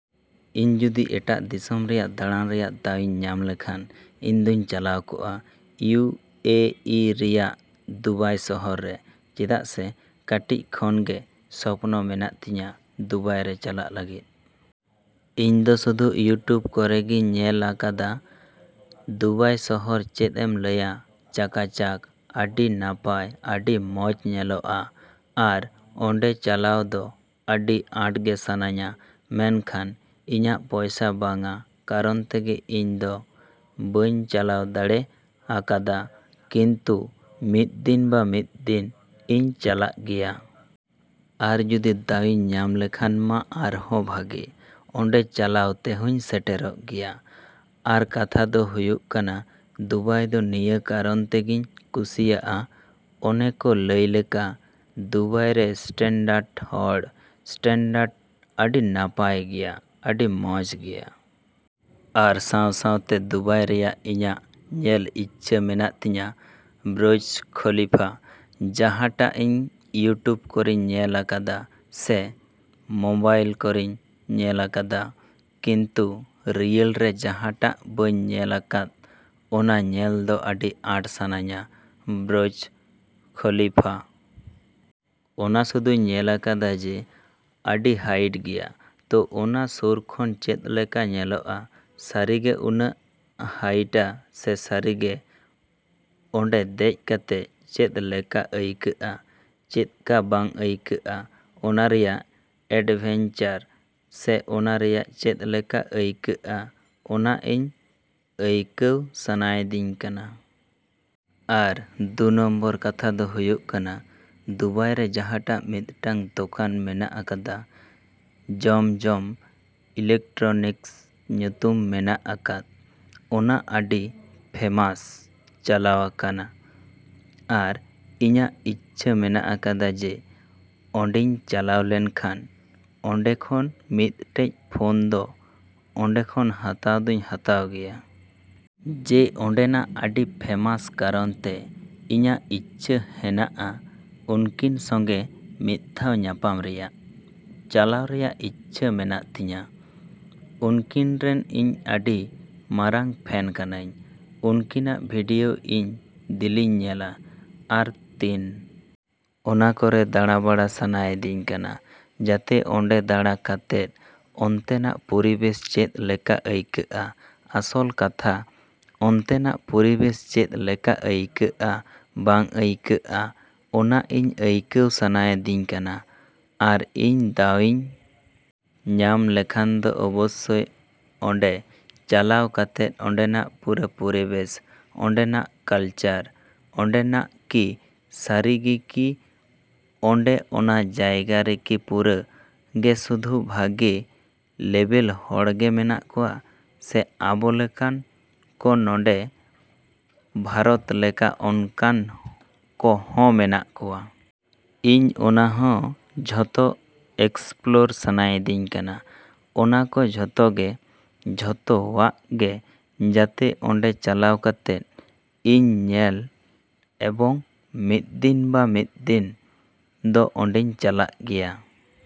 ᱤᱧ ᱡᱩᱫᱤ ᱮᱴᱟᱜ ᱫᱤᱥᱚᱢ ᱨᱮᱭᱟᱜ ᱫᱟᱲᱟᱱ ᱨᱮᱭᱟᱜ ᱫᱟᱣ ᱤᱧ ᱧᱟᱢ ᱞᱮᱠᱷᱟᱱ, ᱤᱧ ᱫᱚᱧ ᱪᱟᱞᱟᱣ ᱠᱚᱜᱼᱟ ᱤᱭᱩ. ᱮ. ᱤ. ᱨᱮᱭᱟᱜ ᱫᱩᱵᱟᱭ ᱥᱚᱦᱚᱨ ᱨᱮ᱾ ᱪᱮᱫᱟᱜ ᱡᱮ ᱠᱟᱹᱴᱤᱡ ᱠᱷᱚᱱ ᱜᱮ ᱥᱚᱯᱱᱚ ᱢᱮᱱᱟᱜ ᱛᱤᱧᱟ ᱫᱩᱵᱟᱭ ᱨᱮ ᱪᱟᱞᱟᱜ ᱞᱟᱹᱜᱤᱫ᱾ ᱤᱧ ᱫᱚ ᱥᱩᱫᱷᱩ ᱤᱭᱩᱴᱩᱵᱽ ᱠᱚᱨᱮ ᱜᱮᱧ ᱧᱮᱞ ᱟᱠᱟᱫᱟ ᱫᱩᱵᱟᱭ ᱥᱚᱦᱚᱨ ᱪᱮᱫ ᱮᱢ ᱞᱟᱹᱭᱟ ᱪᱟᱠᱟᱪᱟᱠ, ᱟᱹᱰᱤ ᱱᱟᱯᱟᱭ, ᱟᱹᱰᱤ ᱢᱚᱡᱽ ᱧᱮᱞᱚᱜᱼᱟ, ᱟᱨ ᱚᱸᱰᱮ ᱪᱟᱞᱟᱣ ᱫᱚ ᱟᱹᱰᱤ ᱟᱸᱴ ᱜᱮ ᱥᱟᱱᱟᱧᱟ᱾ ᱢᱮᱱᱠᱷᱟᱱ ᱤᱧᱟᱜ ᱯᱚᱭᱥᱟ ᱵᱟᱝᱟ ᱠᱟᱨᱚᱱ ᱛᱮᱜᱮ ᱤᱧ ᱫᱚ ᱵᱟᱹᱧ ᱪᱟᱞᱟᱣ ᱫᱟᱲᱮ ᱟᱠᱟᱫᱟ, ᱠᱤᱱᱛᱩ ᱢᱤᱫ ᱫᱤᱱ ᱵᱟᱝ ᱢᱤᱫ ᱫᱤᱱ ᱤᱧ ᱪᱟᱞᱟᱜ ᱜᱮᱭᱟ᱾ ᱟᱨ ᱡᱩᱫᱤ ᱫᱟᱣ ᱤᱧ ᱧᱟᱢ ᱞᱮᱠᱷᱟᱱ ᱢᱟ ᱟᱨᱦᱚᱸ ᱵᱷᱟᱜᱮ᱾ ᱚᱸᱰᱮ ᱪᱟᱞᱟᱣ ᱛᱮᱦᱚᱧ ᱥᱮᱴᱮᱨᱚᱜ ᱜᱮᱭᱟ᱾ ᱟᱨ ᱠᱟᱛᱷᱟ ᱫᱚ ᱦᱩᱭᱩᱜ ᱠᱟᱱᱟ ᱫᱩᱵᱟᱭ ᱫᱚ ᱱᱤᱭᱟᱹ ᱠᱟᱨᱚᱱ ᱛᱮᱜᱮᱧ ᱠᱩᱥᱤᱭᱟᱜᱼᱟ, ᱚᱱᱮ ᱠᱚ ᱞᱟᱹᱭ ᱞᱮᱠᱟ ᱫᱩᱵᱟᱭ ᱨᱮ ᱥᱴᱟᱱᱰᱟᱨᱰ ᱦᱚᱲ ᱥᱴᱟᱱᱰᱟᱨᱰ ᱟᱹᱰᱤ ᱱᱟᱯᱟᱭ ᱜᱮᱭᱟ, ᱟᱹᱰᱤ ᱢᱚᱡᱽ ᱜᱮᱭᱟ᱾ ᱟᱨ ᱥᱟᱶ ᱥᱟᱶᱛᱮ ᱫᱩᱵᱟᱭ ᱨᱮᱭᱟᱜ ᱤᱧᱟᱜ ᱧᱮᱞ ᱤᱪᱪᱷᱟ ᱢᱮᱱᱟᱜ ᱛᱤᱧᱟ ᱵᱩᱨᱡᱽ ᱠᱷᱚᱞᱤᱯᱷᱟ, ᱡᱟᱦᱟᱸᱴᱟᱜ ᱤᱧ ᱤᱭᱩᱴᱩᱵᱽ ᱠᱚᱨᱮᱧ ᱧᱮᱞ ᱟᱠᱟᱫᱟ ᱥᱮ ᱢᱚᱵᱟᱭᱤᱞ ᱠᱚᱨᱮᱧ ᱧᱮᱞ ᱟᱠᱟᱫᱟ, ᱠᱤᱱᱛᱩ ᱨᱤᱭᱮᱞ ᱨᱮ ᱡᱟᱦᱟᱸᱴᱟᱜ ᱵᱟᱹᱧ ᱧᱮᱞ ᱟᱠᱟᱫ, ᱚᱱᱟ ᱧᱮᱞ ᱫᱚ ᱟᱹᱰᱤ ᱟᱸᱴ ᱥᱟᱱᱟᱧᱟ ᱵᱩᱨᱡᱽ ᱠᱷᱚᱞᱤᱯᱷᱟ᱾ ᱚᱱᱟ ᱥᱩᱫᱩᱧ ᱧᱮᱞ ᱟᱠᱟᱫᱟ ᱡᱮ ᱟᱹᱰᱤ ᱦᱟᱭᱤᱴ ᱜᱮᱭᱟ, ᱛᱚ ᱚᱱᱟ ᱥᱩᱨ ᱠᱷᱚᱱ ᱪᱮᱫ ᱞᱮᱠᱟ ᱧᱮᱞᱚᱜᱼᱟ, ᱥᱟᱹᱨᱤ ᱜᱮ ᱩᱱᱟᱹᱜ ᱦᱟᱭᱤᱴᱼᱟ ᱥᱮ ᱥᱟᱹᱨᱤ ᱜᱮ ᱚᱸᱰᱮ ᱫᱮᱡ ᱠᱟᱛᱮᱫ ᱪᱮᱫ ᱞᱮᱠᱟ ᱟᱹᱭᱠᱟᱹᱜᱼᱟ, ᱪᱮᱫ ᱠᱟ ᱵᱟᱝ ᱟᱹᱭᱠᱟᱹᱜᱼᱟ, ᱚᱱᱟ ᱨᱮᱭᱟᱜ ᱮᱰᱵᱷᱮᱧᱪᱟᱨ ᱥᱮ ᱚᱱᱟ ᱨᱮᱭᱟᱜ ᱪᱮᱫ ᱞᱮᱠᱟ ᱟᱹᱭᱠᱟᱹᱜᱼᱟ ᱚᱱᱟ ᱤᱧ ᱟᱹᱭᱠᱟᱹᱣ ᱥᱟᱱᱟᱭᱤᱫᱤᱧ ᱠᱟᱱᱟ᱾ ᱟᱨ ᱫᱩ ᱱᱚᱢᱵᱚᱨ ᱠᱟᱛᱷᱟ ᱫᱚ ᱦᱩᱭᱩᱜ ᱠᱟᱱᱟ ᱫᱩᱵᱟᱭ ᱨᱮ ᱡᱟᱦᱟᱸᱴᱟᱜ ᱢᱤᱫᱴᱟᱹᱝ ᱫᱚᱠᱟᱱ ᱢᱮᱱᱟᱜ ᱟᱠᱟᱫᱟ ᱡᱚᱢ ᱡᱚᱢ ᱤᱞᱮᱠᱴᱨᱚᱱᱤᱠᱥ ᱧᱩᱛᱩᱢ ᱢᱮᱱᱟᱜ ᱟᱠᱟᱫ, ᱚᱱᱟ ᱟᱹᱰᱤ ᱯᱷᱮᱢᱟᱥ ᱪᱟᱞᱟᱣ ᱟᱠᱟᱱᱟ ᱟᱨ ᱤᱧᱟᱜ ᱤᱪᱪᱷᱟ ᱢᱮᱱᱟᱜ ᱟᱠᱟᱫᱟ ᱡᱮ ᱚᱸᱰᱮᱧ ᱪᱟᱞᱟᱣ ᱞᱮᱱᱠᱷᱟᱱ ᱚᱸᱰᱮ ᱠᱷᱚᱱ ᱢᱤᱫᱴᱟᱹᱡ ᱯᱷᱳᱱ ᱫᱚ ᱚᱸᱰᱮ ᱠᱷᱚᱱ ᱦᱟᱛᱟᱣ ᱫᱚᱧ ᱦᱟᱛᱟᱣ ᱜᱮᱭᱟ᱾ ᱡᱮ ᱚᱸᱰᱮᱱᱟᱜ ᱟᱹᱰᱤ ᱯᱷᱮᱢᱟᱥ ᱠᱟᱨᱚᱱᱛᱮ, ᱤᱧᱟᱜ ᱤᱪᱪᱷᱟ ᱦᱮᱱᱟᱜᱼᱟ ᱩᱱᱠᱤᱱ ᱥᱚᱸᱜᱮ ᱢᱤᱫ ᱫᱷᱟᱣ ᱧᱟᱯᱟᱢ ᱨᱮᱭᱟᱜ, ᱪᱟᱞᱟᱣ ᱨᱮᱭᱟᱜ ᱤᱪᱪᱷᱟ ᱢᱮᱱᱟᱜ ᱛᱤᱧᱟ, ᱩᱱᱠᱤᱱ ᱨᱤᱱ ᱤᱧ ᱟᱹᱰᱤ ᱢᱟᱨᱟᱝ ᱯᱷᱮᱱ ᱠᱟᱹᱱᱟᱹᱧ᱾ ᱩᱱᱠᱤᱱᱟᱜ ᱵᱷᱤᱰᱭᱳ ᱤᱧ ᱫᱤᱞᱤᱧ ᱧᱮᱞᱟ᱾ ᱟᱨ ᱛᱤᱱ ᱚᱱᱟ ᱠᱚᱨᱮ ᱫᱟᱲᱟ ᱵᱟᱲᱟ ᱥᱟᱱᱟᱭᱤᱫᱤᱧ ᱠᱟᱱᱟ᱾ ᱡᱟᱛᱮ ᱚᱸᱰᱮ ᱫᱟᱲᱟ ᱠᱟᱛᱮᱜ ᱚᱱᱛᱮᱱᱟᱜ ᱯᱚᱨᱤᱵᱮᱥ ᱪᱮᱫ ᱞᱮᱠᱟ ᱟᱹᱭᱠᱟᱹᱜᱼᱟ, ᱟᱥᱚᱞ ᱠᱟᱛᱷᱟ ᱚᱱᱛᱮᱱᱟᱜ ᱯᱚᱨᱤᱵᱮᱥ ᱪᱮᱫ ᱞᱮᱠᱟ ᱟᱹᱭᱠᱟᱹᱜᱼᱟ ᱵᱟᱝ ᱟᱹᱭᱠᱟᱹᱜᱼᱟ, ᱚᱱᱟ ᱤᱧ ᱟᱹᱭᱠᱟᱹᱣ ᱥᱟᱱᱟᱭᱤᱫᱤᱧ ᱠᱟᱱᱟ, ᱟᱨ ᱤᱧ ᱫᱟᱣ ᱤᱧ ᱧᱟᱢ ᱞᱮᱠᱷᱟᱱ ᱫᱚ ᱚᱵᱚᱥᱥᱚᱭ ᱚᱸᱰᱮ ᱪᱟᱞᱟᱣ ᱠᱟᱛᱮᱫ ᱚᱸᱰᱮᱱᱟᱜ ᱯᱩᱨᱟᱹ ᱯᱚᱨᱤᱵᱮᱥ, ᱚᱸᱰᱮᱱᱟᱜ ᱠᱟᱞᱪᱟᱨ, ᱚᱸᱰᱮᱱᱟᱜ ᱠᱤ ᱥᱟᱹᱨᱤ ᱜᱮ ᱠᱤ ᱚᱸᱰᱮ ᱚᱱᱟ ᱡᱟᱭᱜᱟ ᱨᱮ ᱠᱤ ᱯᱩᱨᱟᱹ ᱜᱮ ᱥᱩᱫᱩ ᱵᱷᱟᱹᱜᱤ ᱞᱮᱵᱮᱞ ᱦᱚᱲ ᱜᱮ ᱢᱮᱱᱟᱜ ᱠᱚᱣᱟ, ᱥᱮ ᱟᱵᱚ ᱞᱮᱠᱟᱱ ᱠᱚ ᱱᱚᱰᱮ ᱵᱷᱟᱨᱚᱛ ᱞᱮᱠᱟ ᱚᱱᱠᱟᱱ ᱠᱚ ᱦᱚᱸ ᱢᱮᱱᱟᱜ ᱠᱚᱣᱟ᱾ ᱤᱧ ᱚᱱᱟ ᱦᱚᱸ ᱡᱷᱚᱛᱚ ᱮᱠᱥᱯᱞᱳᱨ ᱥᱟᱱᱟᱭᱤᱫᱤᱧ ᱠᱟᱱᱟ, ᱚᱱᱟ ᱠᱚ ᱡᱷᱚᱛᱚ ᱜᱮ ᱡᱷᱚᱛᱚᱣᱟᱜ ᱜᱮ ᱡᱟᱛᱮ ᱚᱸᱰᱮ ᱪᱟᱞᱟᱣ ᱠᱟᱛᱮᱫ ᱤᱧ ᱧᱮᱞ ᱮᱵᱚᱝ ᱢᱤᱫ ᱫᱤᱱ ᱵᱟᱝ ᱢᱤᱫ ᱫᱤᱱ ᱫᱚ ᱚᱸᱰᱮᱧ ᱪᱟᱞᱟᱜ ᱜᱮᱭᱟ᱾।